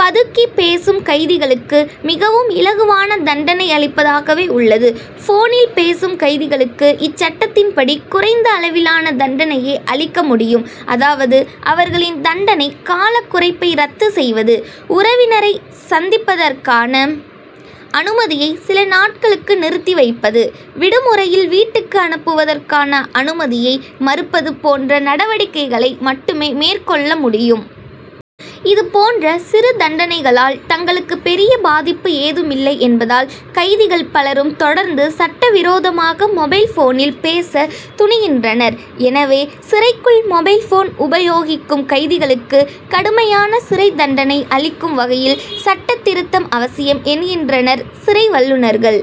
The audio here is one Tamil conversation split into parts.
பதுக்கி பேசும் கைதிகளுக்கு, மிகவும் இலகுவான தண்டனை அளிப்பதாகவே உள்ளது. போனில் பேசும் கைதிகளுக்கு இச்சட்டத்தின்படி குறைந்த அளவிலான தண்டனையே அளிக்க முடியும். அதாவது, அவர்களின் தண்டனை கால குறைப்பை ரத்து செய்வது; உறவினரை சந்திப்பதற்கான அனுமதியை சில நாட்களுக்கு நிறுத்தி வைப்பது; விடுமுறையில் வீட்டுக்கு அனுப்புவதற்கான அனுமதியை மறுப்பது போன்ற நடவடிக்கைகளை மட்டுமே மேற் கொள்ள முடியும். இது போன்ற சிறு தண்டனைகளால் தங்களுக்கு பெரிய பாதிப்பு ஏதுமில்லை என்பதால், கைதிகள் பலரும் தொடர்ந்து சட்டவிரோதமாக மொபைல் போனில் பேச துணிகின்றனர். எனவே, சிறைக்குள் மொபைல் போன் உபயோகிக்கும் கைதிகளுக்கு கடுமையான சிறை தண்டனை அளிக்கும் வகையில் சட்டத்திருத்தம் அவசியம், என்கின்றனர், சிறை வல்லுனர்கள்.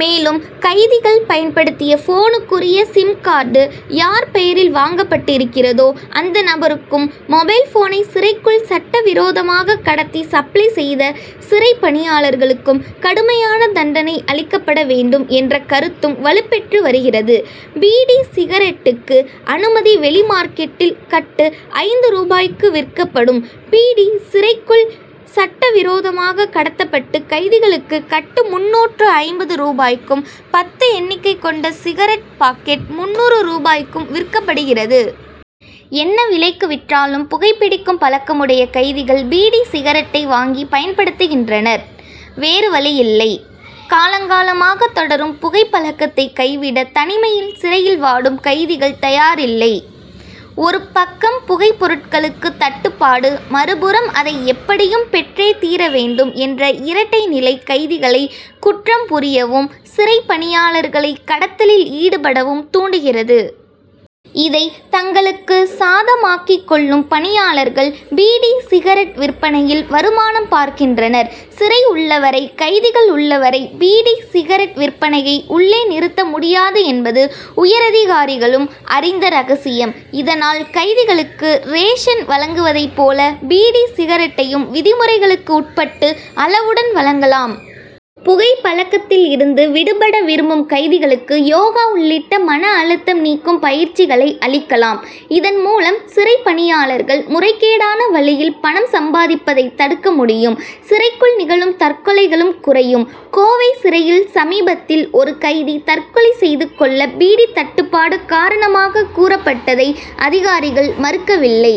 மேலும், கைதிகள் பயன்படுத்திய போனுக்குரிய சிம்கார்டு' யார் பெயரில் வாங்கப்பட்டிருக்கிறதோ அந்த நபருக்கும், மொபைல் போனை சிறைக்குள் சட்டவிரோதமாக கடத்தி சப்ளை செய்த சிறை பணியாளர்களுக்கும் கடுமையான தண்டனை அளிக்கப்பட வேண்டும், என்ற கருத்தும் வலுப்பெற்று வருகிறது. பீடி, சிகரெட்டுக்கு அனுமதி வெளிமார்க்கெட்டில் கட்டு ஐந்து ரூபாய்க்கு விற்கப்படும் பீடி, சிறைக்குள் சட்ட விரோதமாக கடத்தப்பட்டு கைதிகளுக்கு கட்டு முன்னூற்று ஐம்பது ரூபாய்க்கும், பத்து எண்ணிக்கை கொண்ட சிகரெட் பாக்கெட் முன்னூறு ரூபாய்க்கும் விற்கப்படுகிறது. என்ன விலைக்கு விற்றாலும், புகைபிடிக்கும் பழக்கமுடைய கைதிகள் பீடி, சிகரெட்டை வாங்கி பயன்படுத்துகின்றனர், வேறு வழியில்லை. காலங்காலமாக தொடரும் புகை பழக்கத்தை கைவிட, தனிமையில் சிறையில் வாடும் கைதிகள் தயாரில்லை. ஒரு பக்கம் புகை பொருட்களுக்கு தட்டுப்பாடு, மறுபுறம் அதை எப்படியும் பெற்றே தீரவேண்டும்' என்ற இரட்டை நிலை, கைதிகளை குற்றம் புரியவும், சிறை பணியாளர்களை கடத்தலில் ஈடுபடவும் தூண்டுகிறது. இதை தங்களுக்கு சாதமாக்கிக் கொள்ளும் பணியாளர்கள், பீடி, சிகரெட் விற்பனையில் வருமானம் பார்க்கின்றனர். சிறை உள்ளவரை, கைதிகள் உள்ளவரை பீடி, சிகரெட் விற்பனையை உள்ளே' நிறுத்த முடியாது என்பது, உயரதிகாரிகளும் அறிந்த ரகசியம். இதனால், கைதிகளுக்கு ரேஷன் வழங்குவதை போல பீடி, சிகரெட்டையும் விதிமுறைகளுக்கு உட்பட்டு அளவுடன் வழங்கலாம். புகை பழக்கத்தில் இருந்து விடபட விரும்பும் கைதிகளுக்கு யோகா உள்ளிட்ட மன அழுத்தம் நீக்கும் பயிற்சிகளை அளிக்கலாம். இதன் மூலம், சிறை பணியாளர்கள் முறைகேடான வழியில் பணம் சம்பாதிப்பதை தடுக்க முடியும். சிறைக்குள் நிகழும் தற்கொலைகளும் குறையும். கோவை சிறையில் சமீபத்தில் ஒரு கைதி தற்கொலை செய்து கொள்ள பீடி தட்டுப்பாடு' காரணமாக கூறப்பட்டதை, அதிகாரிகள் மறுக்கவில்லை.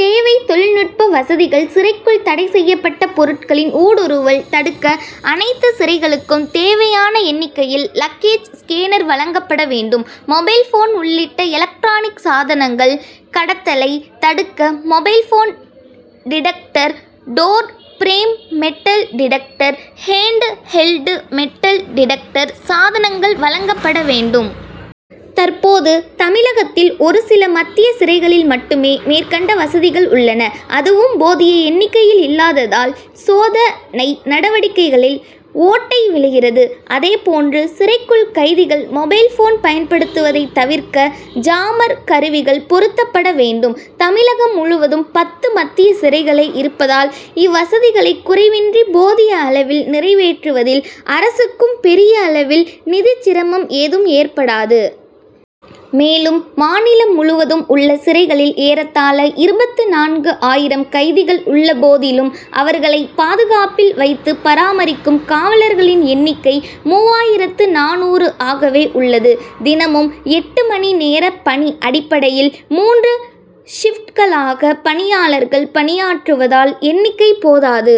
தேவை தொழில்நுட்ப வசதிகள் சிறைக்குள் தடை செய்யப்பட்ட பொருட்களின் ஊடுருவல் தடுக்க அனைத்து சிறைகளுக்கும் தேவையான எண்ணிக்கையில் லக்கேஜ் ஸ்கேனர்' வழங்கப்பட வேண்டும். மொபைல் போன் உள்ளிட்ட எலக்ட்ரானிக் சாதனங்கள் கடத்தலை தடுக்க mobile phone detector' door frame metal detector' hand held metal detector' சாதனங்கள் வழங்கப்பட வேண்டும். தற்போது, தமிழகத்தில் ஒரு சில மத்திய சிறைகளில் மட்டுமே மேற்கண்ட வசதிகள் உள்ளன, அதுவும் போதிய எண்ணிக்கையில் இல்லாததால், சோத னை நடவடிக்கைகளில் ஓட்டை விழுகிறது. அதே போன்று சிறைக்குள், கைதிகள் மொபைல் போன் பயன்படுத்துவதை தவிர்க்க ஜாமர்' கருவிகள் பொருத்தப்பட வேண்டும். தமிழகம் முழுவதும் பத்து மத்திய சிறைகளே இருப்பதால், இவ்வசதிகளை குறைவின்றி போதிய அளவில் நிறைவேற்றுவதில் அரசுக்கு பெரிய அளவில் நிதிச்சிரமம் ஏதும் ஏற்படாது. மேலும், மாநிலம் முழுவதும் உள்ள சிறைகளில் ஏறத்தாழ இருபத்து நான்கு ஆயிரம் கைதிகள் உள்ள போதிலும், அவர்களை பாதுகாப்பில் வைத்து பராமரிக்கும் காவலர்களின் எண்ணிக்கை மூவாயிரத்து நானூறு ஆகவே உள்ளது. தினமும் எட்டு மணி நேர பணி' அடிப்படையில் மூன்று ஷிப்ட்களாக பணியாளர்கள் பணியாற்றுவதால் எண்ணிக்கை போதாது.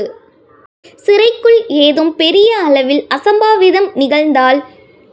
சிறைக்குள் ஏதும் பெரிய அளவில் அசம்பாவிதம் நிகழ்ந்தால்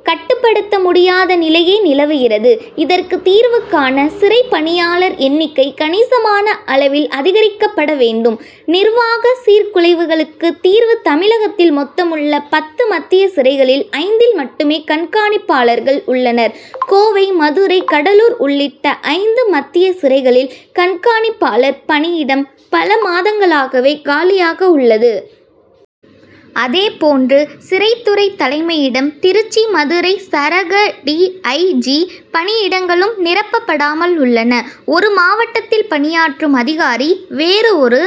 கட்டுப்படுத்த முடியாத நிலையே நிலவுகிறது. இதற்கு தீர்வு காண, சிறை பணியாளர் எண்ணிக்கை கணிசமான அளவில் அதிகரிக்கப்பட வேண்டும். நிர்வாக சீர்குலைவுகளுக்கு தீர்வு தமிழகத்தில் மொத்தமுள்ள பத்து மத்திய சிறைகளில், ஐந்தில் மட்டுமே கண்காணிப்பாளர்கள் உள்ளனர். கோவை, மதுரை, கடலூர் உள்ளிட்ட ஐந்து மத்திய சிறைகளில் கண்காணிப்பாளர் பணியிடம் பல மாதங்களாகவே காலியாக உள்ளது. அதே போன்று, சிறைத்துறை தலைமையிடம், திருச்சி, மதுரை சரக டி. ஐ. ஜி., பணியிடங்களும் நிரப்பப்படாமல் உள்ளன. ஒரு மாவட்டத்தில் பணியாற்றும் அதிகாரி, வேறு ஒரு